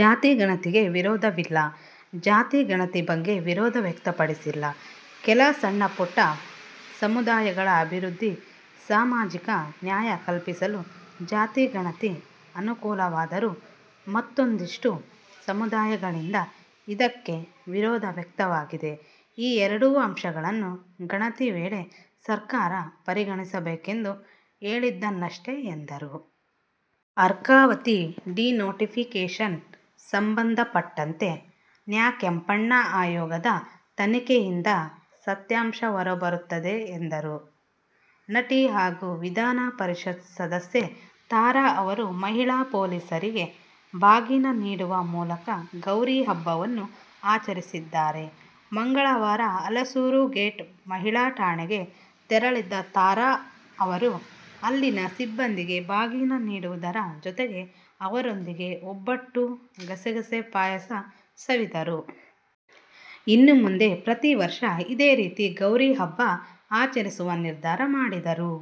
ಜಾತಿ ಗಣತಿಗೆ ವಿರೋಧವಿಲ್ಲ: ಜಾತಿ ಗಣತಿ ಬಗ್ಗೆ ವಿರೋಧ ವ್ಯಕ್ತಪಡಿಸಿಲ್ಲ. ಕೆಲ ಸಣ್ಣ ಪುಟ್ಟ ಸಮುದಾಯಗಳ ಅಭಿವೃದ್ಧಿ, ಸಾಮಾಜಿಕ ನ್ಯಾಯ ಕಲ್ಪಿಸಲು ಜಾತಿ ಗಣತಿ ಅನುಕೂಲವಾದರೂ ಮತ್ತೂಂದಿಷ್ಟು ಸಮುದಾಯಗಳಿಂದ ಇದಕ್ಕೆ ವಿರೋಧ ವ್ಯಕ್ತವಾಗಿದೆ. ಈ ಎರಡು ಅಂಶಗಳನ್ನು ಗಣತಿ ವೇಳೆ ಸರ್ಕಾರ ಪರಿಗಣಿಸಬೇಕೆಂದು ಹೇಳಿದ್ದನಷ್ಟೆ ಎಂದರು. ಅರ್ಕಾವತಿ ಡಿನೋಟಿಫಿಕೇಶನ್ ಸಂಬಂಧಪಟ್ಟಂತೆ ನ್ಯಾ ಕೆಂಪಣ್ಣ ಆಯೋಗದ ತನಿಖೆಯಿಂದ ಸತ್ಯಾಂಶ ಹೊರಬರುತ್ತದೆ ಎಂದರು. ನಟಿ ಹಾಗೂ ವಿಧಾನ ಪರಿಷತ್ ಸದಸ್ಯೆ ತಾರಾ ಅವರು ಮಹಿಳಾ ಪೊಲೀಸರಿಗೆ ಬಾಗಿನ ನೀಡುವ ಮೂಲಕ ಗೌರಿ ಹಬ್ಬವನ್ನು ಆಚರಿಸಿದ್ದಾರೆ. ಮಂಗಳವಾರ ಹಲಸೂರು ಗೇಟ್ ಮಹಿಳಾ ಠಾಣೆಗೆ ತೆರಳಿದ ತಾರಾ ಅವರು ಅಲ್ಲಿನ ಸಿಬ್ಬಂದಿಗೆ ಬಾಗಿನ ನೀಡುವುದರ ಜೊತೆಗೆ ಅವರೊಂದಿಗೆ ಒಬ್ಬಟ್ಟು, ಗಸಗಸೆ ಪಾಯಸ ಸವಿದರು. ಇನ್ನು ಮುಂದೆ ಪ್ರತಿ ವರ್ಷ ಇದೇ ರೀತಿ ಗೌರಿ ಹಬ್ಬ ಆಚರಿಸುವ ನಿರ್ಧಾರ ಮಾಡಿದರು.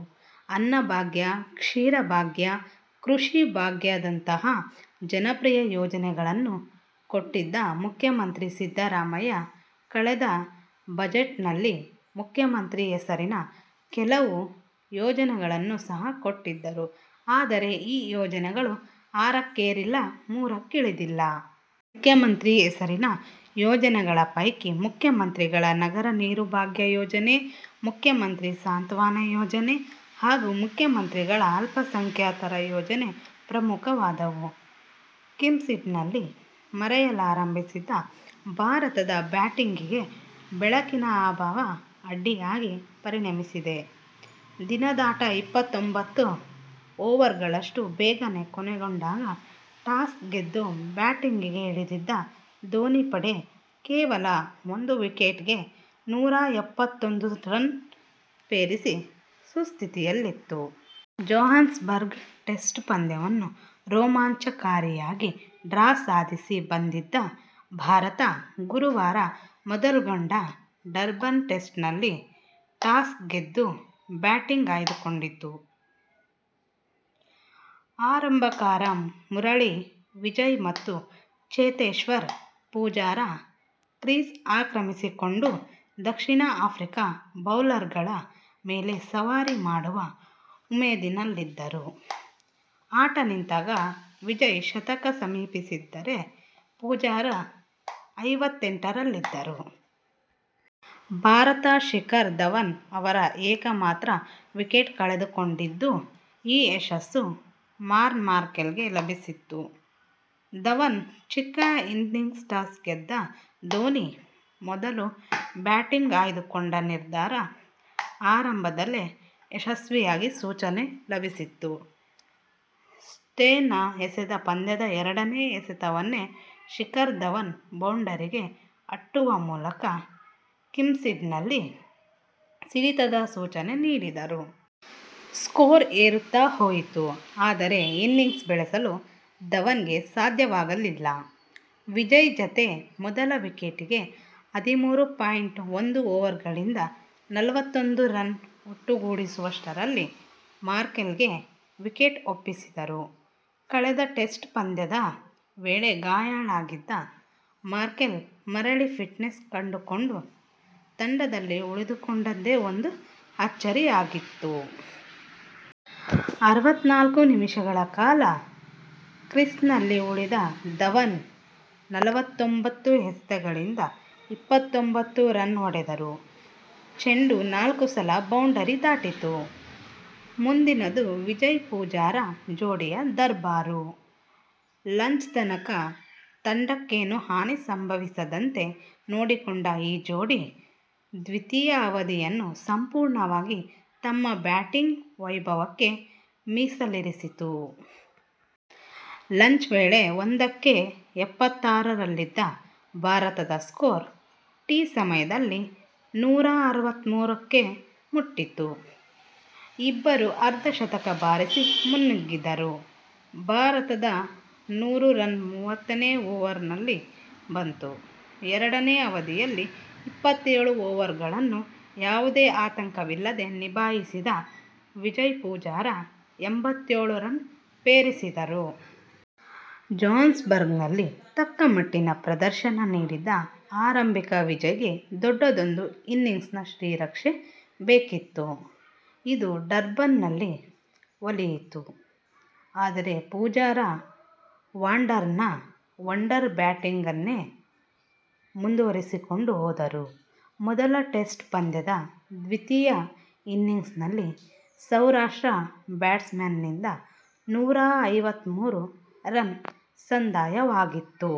ಅನ್ನಭಾಗ್ಯ, ಕ್ಷೀರಭಾಗ್ಯ, ಕೃಷಿ ಭಾಗ್ಯದಂತಹ ಜನಪ್ರಿಯ ಯೋಜನೆಗಳನ್ನು ಕೊಟ್ಟಿದ್ದ ಮುಖ್ಯಮಂತ್ರಿ ಸಿದ್ದರಾಮಯ್ಯ ಕಳೆದ ಬಜೆಟ್ನಲ್ಲಿ ಮುಖ್ಯಮಂತ್ರಿ ಹೆಸರಿನ ಕೆಲವು ಯೋಜನೆಗಳನ್ನು ಸಹ ಕೊಟ್ಟಿದ್ದರು. ಆದರೆ, ಈ ಯೋಜನೆಗಳು ಆರಕ್ಕೇರಿಲ್ಲ, ಮೂರಕ್ಕಿಳಿದಿಲ್ಲ. ಮುಖ್ಯಮಂತ್ರಿ ಹೆಸರಿನ ಯೋಜನೆಗಳ ಪೈಕಿ ಮುಖ್ಯಮಂತ್ರಿಗಳ ನಗರ ನೀರು ಭಾಗ್ಯ ಯೋಜನೆ, ಮುಖ್ಯಮಂತ್ರಿ ಸಾಂತ್ವನಯೋಜನೆ ಹಾಗೂ ಮುಖ್ಯಮಂತ್ರಿಗಳ ಅಲ್ಪಸಂಖ್ಯಾತರ ಯೋಜನೆ ಪ್ರಮುಖವಾದವು. ಕಿಂಗ್ಸ್ಮೀಡ್ನಲ್ಲಿ ಮೆರೆಯಲಾರಂಭಿಸಿದ್ದ ಭಾರತದ ಬ್ಯಾಟಿಂಗಿಗೆ ಬೆಳಕಿನ ಅಭಾವ ಅಡ್ಡಿಯಾಗಿ ಪರಿಣಮಿಸಿದೆ. ದಿನದಾಟ ಇಪ್ಪತ್ತೊಂಬತ್ತು ಓವರ್ಗಳಷ್ಟು ಬೇಗನೇ ಕೊನೆಗೊಂಡಾಗ ಟಾಸ್ ಗೆದ್ದು ಬ್ಯಾಟಿಂಗಿಗೆ ಇಳಿದಿದ್ದ ಧೋನಿ ಪಡೆ ಕೇವಲ ಒಂದು ವಿಕೆಟಿಗೆ ನೂರಾ ಎಂಬತ್ತೊಂದು ರನ್ ಪೇರಿಸಿ ಸುಸ್ಥಿತಿಯಲ್ಲಿತ್ತು. ಜೊಹಾನ್ಸ್ಬರ್ಗ್ ಟೆಸ್ಟ್ ಪಂದ್ಯವನ್ನು ರೋಮಾಂಚಕಾರಿಯಾಗಿ ಡ್ರಾ ಸಾಧಿಸಿ ಬಂದಿದ್ದ ಭಾರತ ಗುರುವಾರ ಮೊದಲ್ಗೊಂಡ ಡರ್ಬನ್ ಟೆಸ್ಟ್ನಲ್ಲಿ ಟಾಸ್ ಗೆದ್ದು ಬ್ಯಾಟಿಂಗ್ ಆಯ್ದುಕೊಂಡಿತ್ತು. ಆರಂಭಕಾರ ಮುರಳಿ ವಿಜಯ್ ಮತ್ತು ಚೇತೇಶ್ವರ್ ಪೂಜಾರ ಕ್ರೀಸ್ ಆಕ್ರಮಿಸಿಕೊಂಡು ದಕ್ಷಿಣ ಆಫ್ರಿಕಾ ಬೌಲರ್ಗಳ ಮೇಲೆ ಸವಾರಿ ಮಾಡುವ ಉಮೇದಿನಲ್ಲಿದ್ದರು. ಆಟ ನಿಂತಾಗ ವಿಜಯ್ ಶತಕ ಸಮೀಪಿಸಿದ್ದರೆ, ಪೂಜಾರ ಐವತ್ತೆಂಟರಲ್ಲಿದ್ದರು. ಭಾರತ ಶಿಖರ್ ಧವನ್ ಅವರ ಏಕಮಾತ್ರ ವಿಕೆಟ್ ಕಳೆದುಕೊಂಡಿದ್ದು, ಈ ಯಶಸ್ಸು ಮಾರ್ನ್ ಮಾರ್ಕೆಲ್ಗೆ ಲಭಿಸಿತ್ತು. ಧವನ್ ಚಿಕ್ಕ ಇನ್ನಿಂಗ್ಸ್ಟಾಸ್ ಗೆದ್ದ ಧೋನಿ ಮೊದಲು ಬ್ಯಾಟಿಂಗ್ ಆಯ್ದುಕೊಂಡ ನಿರ್ಧಾರ ಆರಂಭದಲ್ಲೇ ಯಶಸ್ವಿಯಾದ ಸೂಚನೆ ಲಭಿಸಿತು. ಸ್ಟೇಯ್ನ ಎಸೆದ ಪಂದ್ಯದ ಎರಡನೇ ಎಸೆತವನ್ನೇ ಶಿಖರ್ ಧವನ್ ಬೌಂಡರಿಗೆ ಅಟ್ಟುವ ಮೂಲಕ ಕಿಂಗ್ಸ್ಮೀಡ್ನಲ್ಲಿ ಸಿಡಿತದ ಸೂಚನೆ ನೀಡಿದರು. ಸ್ಕೋರ್ ಏರುತ್ತ ಹೋಯಿತು. ಆದರೆ ಇನ್ನಿಂಗ್ಸ್ ಬೆಳೆಸಲು ಧವನ್ಗೆ ಸಾಧ್ಯವಾಗಲಿಲ್ಲ. ವಿಜಯ್ ಜತೆ ಮೊದಲ ವಿಕೆಟಿಗೆ ಹದಿಮೂರು ಪಾಯಿಂಟ್ ಒಂದು ಓವರ್ಗಳಿಂದ ನಲವತ್ತೊಂದು ರನ್ ಒಟ್ಟುಗೂಡಿಸುವಷ್ಟರಲ್ಲಿ ಮಾರ್ಕೆಲ್ಗೆ ವಿಕೆಟ್ ಒಪ್ಪಿಸಿದರು. ಕಳೆದ ಟೆಸ್ಟ್ ಪಂದ್ಯದ ವೇಳೆ ಗಾಯಾಳಾಗಿದ್ದ ಮಾರ್ಕೆಲ್ ಮರಳಿ ಫಿಟ್ನೆಸ್ ಕಂಡುಕೊಂಡು ತಂಡದಲ್ಲಿ ಉಳಿದುಕೊಂಡದ್ದೇ ಒಂದು ಆಚ್ಚರಿಯಾಗಿತ್ತು. ಆರಾವತ್ತ್ನಾಲ್ಕು ನಿಮಿಷಗಳ ಕಾಲ ಕ್ರೀಸ್ನಲ್ಲಿ ಉಳಿದ ಧವನ್ ನಲವತ್ತುಹೊಂಬತ್ತು ಎಸೆತಗಳಿಂದ ಇಪ್ಪತ್ತೊಂಭತ್ತು ರನ್ ಹೊಡೆದರು. ಚೆಂಡು ನಾಲ್ಕು ಸಲ ಬೌಂಡರಿ ದಾಟಿತು. ಮುಂದಿನದು ವಿಜಯ್-ಪೂಜಾರ ಜೋಡಿಯ ದರ್ಬಾರು. ಲಂಚ್ ತನಕ ತಂಡಕ್ಕೇನೂ ಹಾನಿ ಸಂಭವಿಸದಂತೆ ನೋಡಿಕೊಂಡ ಈ ಜೋಡಿ, ದ್ವಿತೀಯ ಅವಧಿಯನ್ನು ಸಂಪೂರ್ಣವಾಗಿ ತಮ್ಮ ಬ್ಯಾಟಿಂಗ್ ವೈಭವಕ್ಕೆ ಮೀಸಲಿರಿಸಿತು. ಲಂಚ್ ವೇಳೆ ಒಂದಕ್ಕೆ ಎಪ್ಪತ್ತಾರು ರಲ್ಲಿದ್ದ ಭಾರತದ ಸ್ಕೋರ್ ಟೀ ಸಮಯದಲ್ಲಿ ನೂರಾ ಅರವತ್ತಮೂರು ಕ್ಕೆ ಮುಟ್ಟಿತ್ತು. ಇಬ್ಬರೂ ಅರ್ಧ ಶತಕ ಬಾರಿಸಿ ಮುನ್ನುಗ್ಗಿದ್ದರು. ಭಾರತದ ನೂರು ರನ್ ಮೂವತ್ತನೇ ಓವರಿನಲ್ಲಿ ಬಂತು. ಎರಡನೇ ಅವಧಿಯಲ್ಲಿ ಇಪ್ಪತ್ತೇಳು ಓವರ್ಗಳನ್ನು ಯಾವುದೇ ಆತಂಕವಿಲ್ಲದೆ ನಿಭಾಯಿಸಿದ ವಿಜಯ್-ಪೂಜಾರ ಎಂಬತ್ತೇಳು ರನ್ ಪೇರಿಸಿದರು. ಜೊಹಾನ್ಸ್ಬರ್ಗ್ನಲ್ಲಿ ತಕ್ಕಮಟ್ಟಿನ ಪ್ರದರ್ಶನ ನೀಡಿದ್ದ ಆರಂಭಿಕ ವಿಜಯ್ಗೆ ದೊಡ್ಡದೊಂದು ಇನ್ನಿಂಗ್ಸಿನ ಶ್ರೀರಕ್ಷೆ ಬೇಕಿತ್ತು. ಇದು ಡರ್ಬನ್ನಲ್ಲಿ ಒಲಿಯಿತು. ಆದರೆ ಪೂಜಾರ ವಾಂಡರರ್ನ ವಂಡರ್ ಬ್ಯಾಟಿಂಗನ್ನೇ ಮುಂದುವರಿಸಿಕೊಂಡು ಹೋದರು. ಮೊದಲ ಟೆಸ್ಟ್ ಪಂದ್ಯದ ದ್ವಿತೀಯ ಇನ್ನಿಂಗ್ಸ್ನಲ್ಲಿ ಸೌರಾಷ್ಟ್ರ ಬ್ಯಾಟ್ಸ್ಮನ್ನಿಂದ ನೂರಾ ಐವತ್ತಮೂರು ರನ್ ಸಂದಾಯವಾಗಿತ್ತು.